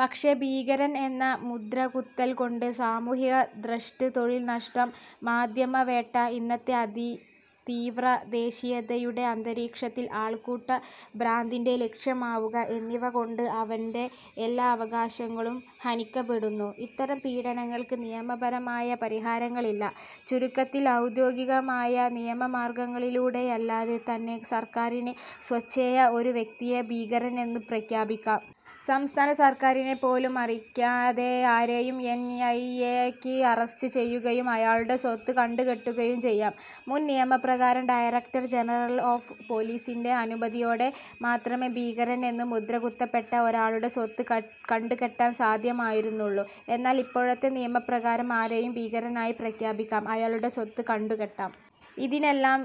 പക്ഷേ, 'ഭീകരൻ' എന്ന മുദ്രകുത്തൽകൊണ്ട്, സാമൂഹിക ഭ്രഷ്ട്, തൊഴിൽനഷ്ടം, മാധ്യമവേട്ട, ഇന്നത്തെ അതിതീവ്ര ദേശീയതയുടെ അന്തരീക്ഷത്തിൽ ആൾക്കൂട്ട ഭ്രാന്തിന്റെ ലക്ഷ്യമാവുക എന്നിവകൊണ്ട് അവന്റെ എല്ലാ അവകാശങ്ങളും ഹനിക്കപ്പെടുന്നു. ഇത്തരം പീഡനങ്ങൾക്ക് നിയമപരമായ പരിഹാരങ്ങളില്ല. ചുരുക്കത്തിൽ, ഔദ്യോഗികമായ നിയമമാർഗങ്ങളിലൂടെയല്ലാതെത്തന്നെ സർക്കാരിന് സ്വേച്ഛയാ ഒരു വ്യക്തിയെ ഭീകരനെന്നു പ്രഖ്യാപിക്കാം. സംസ്ഥാന സർക്കാരിനെപ്പോലുമറിയിക്കാതെ ആരെയും എൻ. ഐ. എ. യ്ക്ക് അറസ്റ്റ് ചെയ്യുകയും അയാളുടെ സ്വത്ത് കണ്ടുകെട്ടുകയും ചെയ്യാം. മുൻ നിയമപ്രകാരം ഡയറക്ടർ ജനറൽ ഓഫ് പോലീസിന്റെ അനുമതിയോടെ മാത്രമേ ഭീകരനെന്ന് മുദ്രകുത്തപ്പെട്ട ഒരാളുടെ സ്വത്ത് കണ്ടുകെട്ടാൻ സാധ്യമായിരുന്നുള്ളൂ. എന്നാൽ, ഇപ്പോഴത്തെ നിയമപ്രകാരം ആരെയും ഭീകരനായി പ്രഖ്യാപിക്കാം; അയാളുടെ സ്വത്ത് കണ്ടുകെട്ടാം. ഇതിനെല്ലാം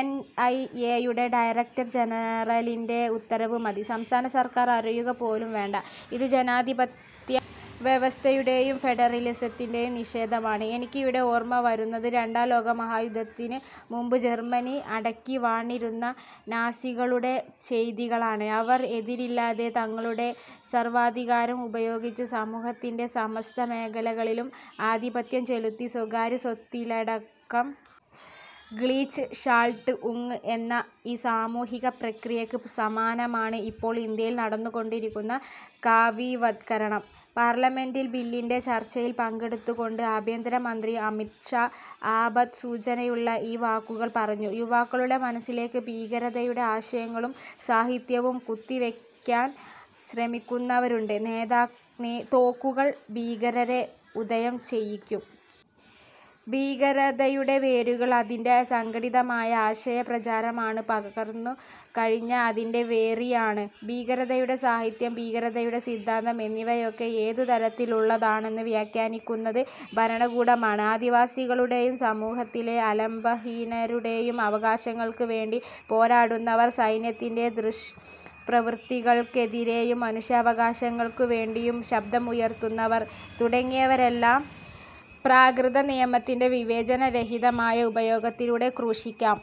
എൻ. ഐ. എ. യുടെ ഡയറക്ടർ ജനറലിന്റെ ഉത്തരവ് മതി. സംസ്ഥാനസർക്കാർ അറിയുകപോലും വേണ്ട. ഇത് ജനാധിപത്യവ്യവസ്ഥയുടെയും ഫെഡറലിസത്തിന്റെയും നിഷേധമാണ്. എനിക്കിവിടെ ഓർമവരുന്നത് രണ്ടാം ലോകയുദ്ധത്തിന് മുമ്പ് ജർമനി അടക്കിവാണിരുന്ന നാസികളുടെ ചെയ്തികളാണ്. അവർ എതിരില്ലാത്ത തങ്ങളുടെ സർവാധികാരം ഉപയോഗിച്ച് സമൂഹത്തിന്റെ സമസ്ത മേഖലകളിലും ആധിപത്യം ചെലുത്തി; സ്വകാര്യസ്വത്തിലടക്കം. ഗ്ലീച്ച് ഷാൾട്ട്ഉങ്ങ് എന്ന ഈ സാമൂഹിക പ്രക്രിയയ്ക്ക് സമാനമാണ് ഇപ്പോൾ ഇന്ത്യയിൽ നടന്നുകൊണ്ടിരിക്കുന്ന കാവിവത്കരണം. പാർലമെന്റിൽ ബില്ലിന്റെ ചർച്ചയിൽ പങ്കെടുത്തുകൊണ്ട് ആഭ്യന്തര മന്ത്രി അമിത് ഷാ ആപത് സൂചനയുള്ള ഈ വാക്കുകൾ പറഞ്ഞു: ''യുവാക്കളുടെ മനസ്സിലേക്ക് ഭീകരതയുടെ ആശയങ്ങളും സാഹിത്യവും കുത്തിവെക്കാൻ ശ്രമിക്കുന്നവരുണ്ട്. തോക്കുകൾ ഭീകരരെ ഉദയംചെയ്യിക്കും. ഭീകരതയുടെ വേരുകൾ അതിന്റെ സംഘടിതമായ ആശയപ്രചാരണമാണ്, പടർന്നുകഴിഞ്ഞ അതിന്റെ വെറിയാണ്. '' 'ഭീകരതയുടെ സാഹിത്യം', 'ഭീകരതയുടെ സിദ്ധാന്തം' എന്നിവയൊക്കെ ഏതുതരത്തിലുള്ളതാണെന്നു വ്യാഖ്യാനിക്കുന്നത് ഭരണകൂടമാണ്. ആദിവാസികളുടെയും സമൂഹത്തിലെ ആലംബഹീനരുടെയും അവകാശങ്ങൾക്കു വേണ്ടി പോരാടുന്നവർ, സൈന്യത്തിന്റെ ദുഷ്പ്രവൃത്തികൾക്കെതിരേയും മനുഷ്യാവകാശങ്ങൾക്കു വേണ്ടിയും ശബ്ദമുയർത്തുന്നവർ തുടങ്ങിയവരെയെല്ലാം പ്രാകൃത നിയമത്തിന്റെ വിവേചനരഹിതമായ ഉപയോഗത്തിലൂടെ ക്രൂശിക്കാം.